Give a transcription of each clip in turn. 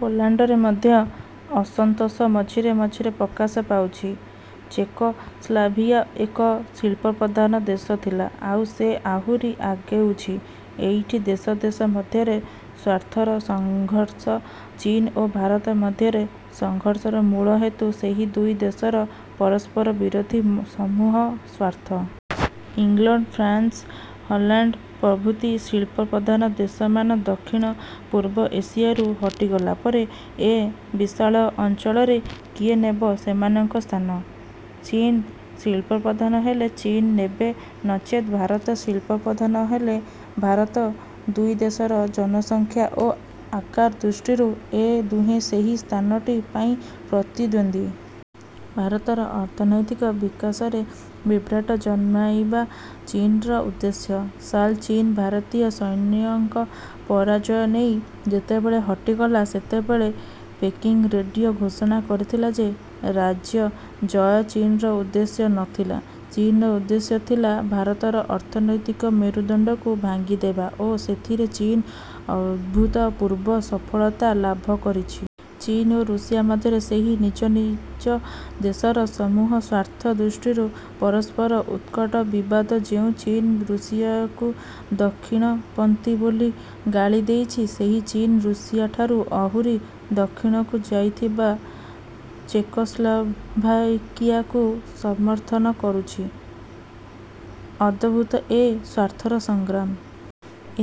ପୋଲାଣ୍ଡରେ ମଧ୍ୟ ଅସନ୍ତୋଷ ମଝିରେ ମଝିରେ ପ୍ରକାଶ ପାଉଛି। ଚେକୋସ୍ଲୋଭାକିଆ ଏକ ଶିଳ୍ପ ପ୍ରଧାନ ଦେଶ ଥିଲା। ଆଉ ସେ ଆହୁରି ଆଗେଉଛି। ଏଇଠି ଦେଶ ଦେଶ ମଧ୍ୟରେ ସ୍ୱାର୍ଥର ସଂଘର୍ଷ। ଚୀନ ଓ ଭାରତ ମଧ୍ୟରେ ସଂଘର୍ଷର ମୂଳ ହେତୁ ସେହି ଦୁଇ ଦେଶର ପରସ୍ପର ବିରୋଧୀ ସମୂହ ସ୍ୱାର୍ଥ। ଇଂଲଣ୍ଡ, ଫ୍ରାନ୍ସ, ହଲାଣ୍ଡ ପ୍ରଭୃତି ଶିଳ୍ପପ୍ରଧାନ ଦେଶମାନ ଦକ୍ଷିଣ ପୂର୍ବ ଏସିଆରୁ ହଟିଗଲା ପରେ ଏ ବିଶାଳ ଅଞ୍ଚଳରେ କିଏ ନେବ ସେମାନଙ୍କ ସ୍ଥାନ। ଚୀନ ଶିଳ୍ପପ୍ରଧାନ ହେଲେ ଚୀନ ନେବ ନଚେତ ଭାରତ ଶିଳ୍ପପ୍ରଧାନ ହେଲେ ଭାରତ। ଦୁଇ ଦେଶର ଜନସଂଖ୍ୟା ଓ ଆକାର ଦୃଷ୍ଟିରୁ ଏ ଦୁହେଁ ସେହି ସ୍ଥାନଟି ପାଇଁ ପ୍ରତିଦ୍ୱନ୍ଦ୍ୱୀ। ଭାରତର ଅର୍ଥନୈତିକ ବିକାଶରେ ବିଭ୍ରାଟ ଜନ୍ମାଇବା ଚୀନର ଉଦ୍ଦେଶ୍ୟ। ସାଲ ଚୀନ ଭାରତୀୟ ସୈନ୍ୟଙ୍କ ପରାଜୟ ନେଇ ଯେତେବେଳେ ହଟିଗଲା, ସେତେବେଳେ ପେକିଙ୍ଗ୍ ରେଡ଼ିଓ ଘୋଷଣା କରିଥିଲା ଯେ ରାଜ୍ୟଜୟ ଚୀନର ଉଦ୍ଦେଶ୍ୟ ନ ଥିଲା। ଚୀନର ଉଦ୍ଦେଶ୍ୟ ଥିଲା ଭାରତର ଅର୍ଥନୈତିକ ମେରୁଦଣ୍ଡକୁ ଭାଙ୍ଗିଦେବା ଓ ସେଥିରେ ଚୀନ ଅଭୁତପୂର୍ବ ସଫଳତା ଲାଭକରିଛି। ଚୀନ ଓ ରୁଷିଆ ମଧ୍ୟରେ ସେହି ନିଜ ନିଜ ଦେଶର ସମୂହ ସ୍ୱାର୍ଥ ଦୃଷ୍ଟିରୁ ପରସ୍ପର ଉତ୍କଟ ବିବାଦ ଯେଉଁ ଚୀନ ରୁଷିଆକୁ ଦକ୍ଷିଣପନ୍ଥୀ ବୋଲି ଗାଳିଦେଇଛି, ସେହି ଚୀନ ରୁଷିଆଠାରୁ ଆହୁରି ଦକ୍ଷିଣକୁ ଯାଉଥିବା ଚେକୋସ୍ଲୋଭାକିଆକୁ ସମର୍ଥନ କରୁଛି। ଅଦଭୁତ ଏ ସ୍ୱାର୍ଥର ସଂଗ୍ରାମ।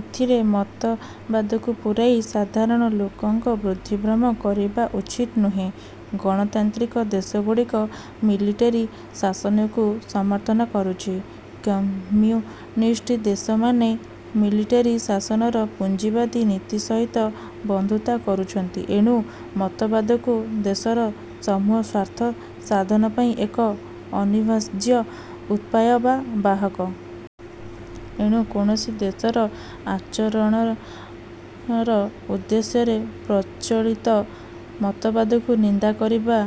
ଏଥିରେ ମତବାଦକୁ ପୂରାଇ ସାଧାରଣ ଲୋକଙ୍କ ବୁଦ୍ଧି ଭ୍ରମ କରିବା ଉଚିତ ନୁହେଁ। ଗଣତାନ୍ତ୍ରିକ ଦେଶଗୁଡ଼ିକ ମିଲିଟେରୀ ଶାସନକୁ ସମର୍ଥନ କରୁଛି। କମ୍ୟୁନିଷ୍ଟ ଦେଶମାନେ ମିଲିଟେରୀ ଶାସନର ପୁଞ୍ଜିବାଦୀ ନୀତି ସହିତ ବନ୍ଧୁତା କରୁଛନ୍ତି। ଏଣୁ ମତବାଦକୁ ଦେଶର ସମୂହ ସ୍ୱାର୍ଥ ସାଧନପାଇଁ ଏକ ଅନିବାର୍ଯ୍ୟ ଉପାୟ ବା ବାହକ। ଏଣୁ କୌଣସି ଦେଶର ଆଚରଣର ଉଦ୍ଦେଶ୍ୟରେ ପ୍ରଚଳିତ ମତବାଦକୁ ନିନ୍ଦାକରିବା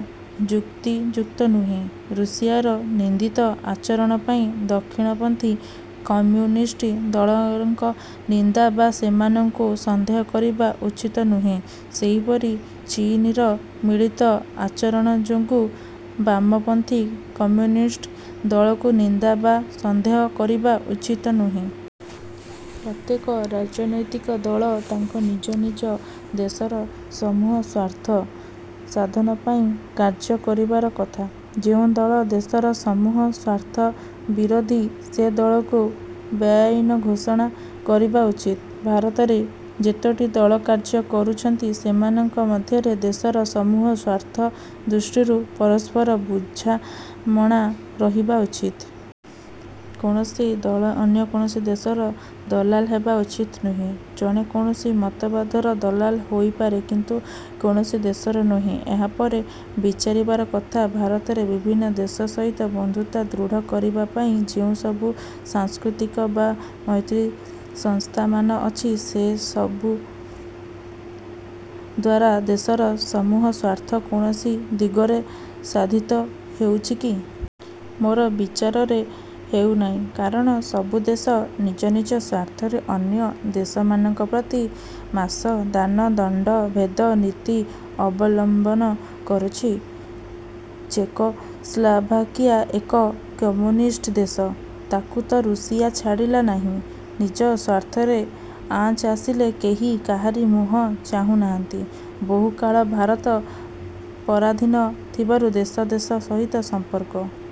ଯୁକ୍ତିଯୁକ୍ତ ନୁହେଁ। ରୁଷିଆର ନିନ୍ଦିତ ଆଚରଣ ପାଇଁ ଦକ୍ଷିଣପନ୍ଥୀ କମ୍ୟୁନିଷ୍ଟ ଦଳଙ୍କ ନିନ୍ଦା ବା ସେମାନଙ୍କୁ ସନ୍ଦେହ କରିବା ଉଚିତ ନୁହେଁ। ସେହିପରି ଚୀନର ମିଳିତ ଆଚରଣଯୋଗୁଁ ବାମପନ୍ଥୀ କମ୍ୟୁନିଷ୍ଟ ଦଳକୁ ନିନ୍ଦା ବା ସନ୍ଦେହ କରିବା ଉଚିତ ନୁହେଁ। ପ୍ରତ୍ୟେକ ରାଜନୈତିକ ଦଳ ତାଙ୍କ ନିଜ ନିଜ ଦେଶର ସମୂହ ସ୍ୱାର୍ଥ ସାଧନ ପାଇଁ କାର୍ଯ୍ୟ କରିବାର କଥା। ଯେଉଁ ଦଳ ଦେଶର ସମୂହ ସ୍ୱାର୍ଥ ବିରୋଧୀ, ସେ ଦଳକୁ ବେଆଇନ ଘୋଷଣା କରିବା ଉଚିତ। ଭାରତରେ ଯେତୋଟି ଦଳ କାର୍ଯ୍ୟ କରୁଛନ୍ତି, ସେମାନଙ୍କ ମଧ୍ୟରେ ଦେଶର ସମୂହ ସ୍ୱାର୍ଥ ଦୃଷ୍ଟିରୁ ପରସ୍ପର ବୁଝାମଣା ରହିବା ଉଚିତ। କୌଣସି ଦଳ ଅନ୍ୟ କୌଣସି ଦେଶର ଦଲାଲ ହେବା ଉଚିତ ନୁହେଁ। ଜଣେ କୌଣସି ମତବାଦର ଦଲାଲ ହୋଇପାରେ, କିନ୍ତୁ କୌଣସି ଦେଶର ନୁହେଁ। ଏହାପରେ ବିଚାରିବାର କଥା ଭାରତରେ ବିଭିନ୍ନ ଦେଶ ସହିତ ବନ୍ଧୁତା ଦୃଢ଼ କରିବାପାଇଁ ଯେଉଁସବୁ ସାଂସ୍କୃତିକ ବା ମୈତ୍ରୀ ସଂସ୍ଥାମାନ ଅଛି, ସେସବୁଦ୍ୱାରା ଦେଶର ସମୂହ ସ୍ୱାର୍ଥ କୌଣସି ଦିଗରେ ସାଧିତ ହେଉଛି କି? ମୋର ବିଚାରରେ ହେଉନାହିଁ। କାରଣ ସବୁ ଦେଶ ନିଜ ନିଜ ସ୍ୱାର୍ଥରେ ଅନ୍ୟ ଦେଶମାନଙ୍କ ପ୍ରତି ସାମ, ଦାନ, ଦଣ୍ଡ, ଭେଦ ନୀତି ଅବଲମ୍ବନ କରୁଛି। ଚେକୋସ୍ଲୋଭାକିଆ ଏକ କମ୍ୟୁନିଷ୍ଟ ଦେଶ। ତାକୁ ତ ରୁଷିଆ ଛାଡ଼ିଲା ନାହିଁ। ନିଜ ସ୍ୱାର୍ଥରେ ଆଞ୍ଚ ଆସିଲେ କେହି କାହାରି ମୁହଁ ଚାହୁଁନାହାନ୍ତି। ବହୁକାଳ ଭାରତ ପରାଧୀନ ଥିବାରୁ ଦେଶ ଦେଶ ସହିତ ସମ୍ପର୍କ